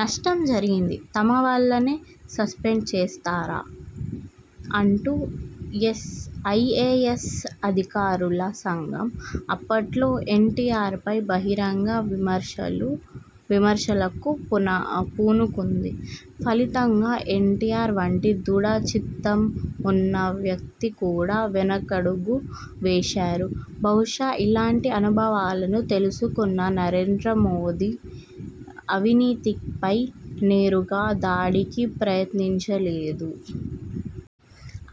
నష్టం జరిగింది. తమ వాళ్లనే సస్పెండ్ చేస్తారా? అంటూ ఐఏఎస్ అధికారుల సంఘం అప్పట్లో ఎన్ టి ఆర్ పై బహిరంగ విమర్శలకు పూనుకుంది. ఫలితంగా ఎన్ టి ఆర్ వంటి దృఢచిత్తం ఉన్న వ్యక్తి కూడా వెనకడుగు వేశారు. బహుశా ఇలాంటి అనుభవాలను తెలుసుకున్న నరేంద్ర మోదీ అవినీతిపై నేరుగా దాడికి ప్రయత్నించలేదు.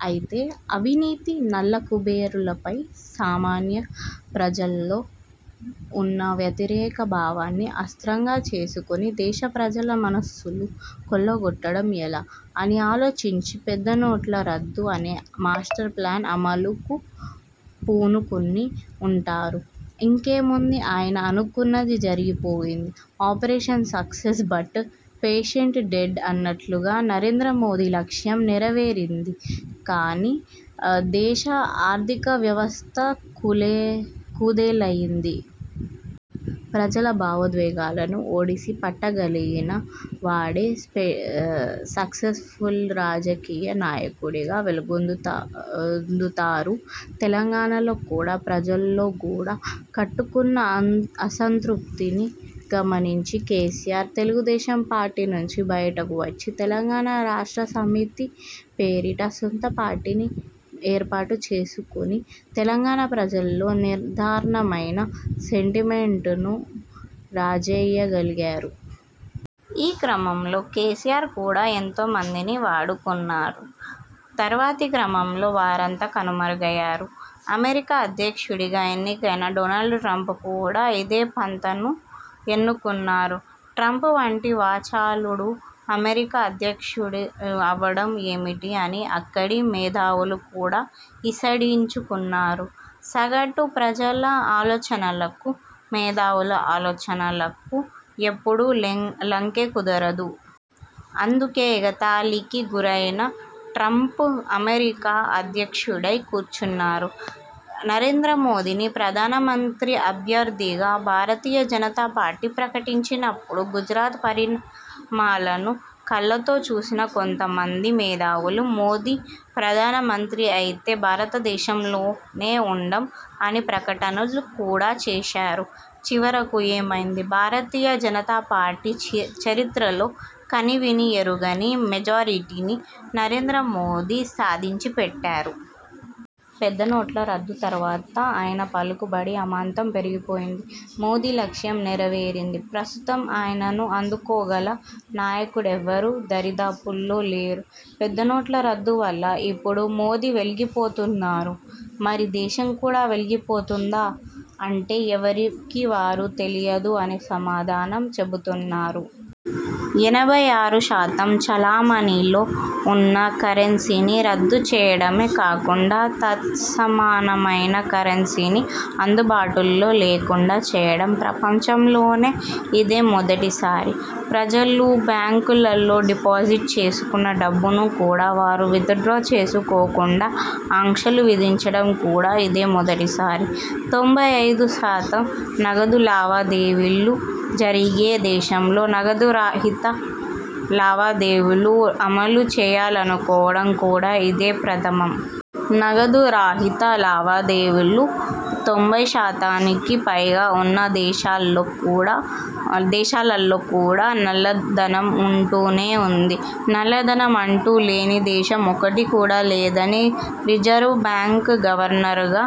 అయితే అవినీతి, నల్లకుబేరులపై సామాన్య ప్రజలలో ఉన్న వ్యతిరేక భావాన్ని అస్త్రంగా చేసుకుని దేశ ప్రజల మనస్సులు కొల్లగొట్టడం ఎలా? అని ఆలోచించి పెద్దనోట్ల రద్దు అనే మాస్టర్ ప్లాన్ అమలుకు పూనుకుని ఉంటారు. ఇంకేముంది ఆయన అనుకున్నది జరిగిపోయింది. Operation success but patient dead అన్నట్టుగా నరేంద్ర మోదీ లక్ష్యం నెరవేరింది గానీ దేశ ఆర్థిక వ్యవస్థ కుదేలయ్యింది. ప్రజల భావోద్వేగాలను ఒడిసి పట్టగలిగిన వాడే సక్సెస్ఫుల్ రాజకీయ నాయకుడిగా వెలుగొందుతారు. తెలంగాణలో కూడా ప్రజల్లో గూడు కట్టుకున్న అసంతృప్తిని గమనించిన కేసీఆర్, తెలుగుదేశం పార్టీ నుంచి బయటకు వచ్చి తెలంగాణ రాష్ట్ర సమితి పేరిట సొంత పార్టీని ఏర్పాటుచేసుకుని తెలంగాణ ప్రజలలో నిద్రాణమైన సెంటిమెంట్ను రాజేయగలిగారు. ఈ క్రమంలో కేసీఆర్ కూడా ఎంతో మందిని వాడుకున్నారు. తర్వాతి క్రమంలో వారంతా కనుమరుగయ్యారు. అమెరికా అధ్యక్షుడిగా ఎన్నికైన డొనాల్డ్ ట్రంప్ కూడా ఇదే పంథాను ఎన్నుకున్నారు. ట్రంప్ వంటి వాచాలుడు అమెరికా అధ్యక్షుడు అవ్వడం ఏమిటి? అని అక్కడి మేధావులు కూడా ఈసడించుకున్నారు. సగటు ప్రజల ఆలోచనలకు మేధావుల ఆలోచనలకు ఎప్పుడూ లంకె కుదరదు. అందుకే ఎగతాళికి గురైన ట్రంప్ అమెరికా అధ్యక్షుడై కూర్చున్నారు. నరేంద్ర మోదీని ప్రధానమంత్రి అభ్యర్థిగా భారతీయ జనతా పార్టీ ప్రకటించినప్పుడు గుజరాత్ పరిణామాలను కళ్లతో చూసిన కొంతమంది మేధావులు మోదీ ప్రధానమంత్రి అయితే 'భారతదేశంలోనే ఉండం' అని ప్రకటనలు కూడా చేశారు. చివరకు ఏమైంది? భారతీయ జనతా పార్టీ చరిత్రలో కనీవినీ ఎరుగని మెజారిటీని నరేంద్ర మోదీ సాధించిపెట్టారు. పెద్ద నోట్ల రద్దు తర్వాత ఆయన పలుకుబడి అమాంతం పెరిగిపోయింది. మోదీ లక్ష్యం నెరవేరింది. ప్రస్తుతం ఆయనను అందుకోగల నాయకుడెవ్వరూ దరిదాపుల్లో లేరు. పెద్ద నోట్ల రద్దు వల్ల ఇప్పుడు మోదీ వెలిగిపోతున్నారు. మరి దేశం కూడా వెలిగిపోతుందా? అంటే ఎవరికి వారు తెలియదు అనే సమాధానం చెబుతున్నారు. ఎనభై ఆరు శాతం చలామణిలో ఉన్న కరెన్సీని రద్దు చేయడమే కాకుండా తత్సమానమైన కరెన్సీని అందుబాటులో లేకుండా చేయడం ప్రపంచంలోనే ఇది మొదటిసారి. ప్రజలు బ్యాంకులలో డిపాజిట్ చేసుకున్న డబ్బును కూడా వారు విత్ డ్రా చేసుకోకుండా ఆంక్షలు విధించడం కూడా ఇదే మొదటిసారి. తొంభై ఐదు శాతం నగదు లావాదేవీలు జరిగే దేశంలో నగదు రహిత లావాదేవీలు అమలు చేయాలనుకోవడం కూడా ఇదే ప్రథమం. నగదు రహిత లావాదేవీలు తొంభై శాతానికి పైగా ఉన్న దేశాలలో కూడా నల్లధనం ఉంటూనే ఉంది. నల్లధనం అంటూ లేని దేశం ఒక్కటి కూడా లేదని రిజర్వ్ బ్యాంకు గవర్నర్గా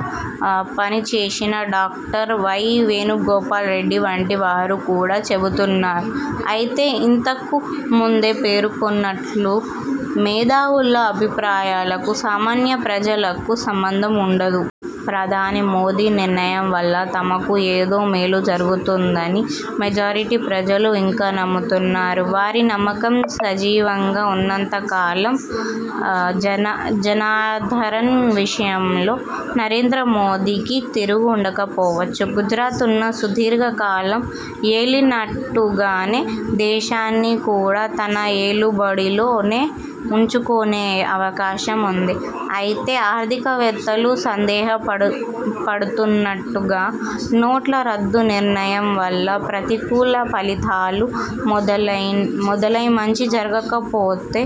పనిచేసిన డాక్టర్ వై. వేణుగోపాల్ రెడ్డి వంటి వారు కూడా చెబుతున్నారు. అయితే ఇంతకు ముందే పేర్కొన్నట్టు మేధావుల అభిప్రాయాలకు, సామాన్య ప్రజలకు సంబంధం ఉండదు. ప్రధాని మోదీ నిర్ణయం వల్ల తమకు ఏదో మేలు జరుగుతుందని మెజారిటీ ప్రజలు ఇంకా నమ్ముతున్నారు. వారి నమ్మకం సజీవంగా ఉన్నంతకాలం జనాదరణ విషయంలో నరేంద్ర మోదీకి తిరుగు ఉండకపోవచ్చు. గుజరాత్ను సుదీర్ఘకాలం ఏలినట్టుగానే దేశాన్ని కూడా తన ఏలుబడిలోనే ఉంచుకునే అవకాశం ఉంది. అయితే ఆర్థికవేత్తలు సందేహపడుతున్నట్టుగా నోట్ల రద్దు నిర్ణయం వల్ల ప్రతికూల ఫలితాలు మొదలై మంచి జరగకపోతే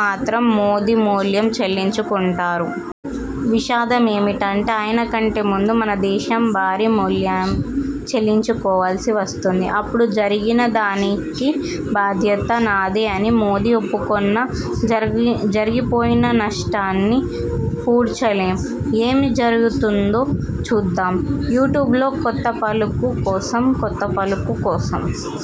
మాత్రం మోదీ మూల్యం చెల్లించుకుంటారు. విషాదం ఏమిటంటే ఆయన కంటే ముందు మన దేశం భారీ మూల్యం చెల్లించుకోవలసి వస్తుంది. అప్పుడు జరిగినదానికి బాధ్యత నాదే అని మోదీ ఒప్పుకొన్నా జరిగిపోయిన నష్టాన్ని పూడ్చలేం. ఏమి జరుగుతుందో చూద్దాం! యూట్యూబ్లో 'కొత్త పలుకు' కోసం 'కొత్త పలుకు' కోసం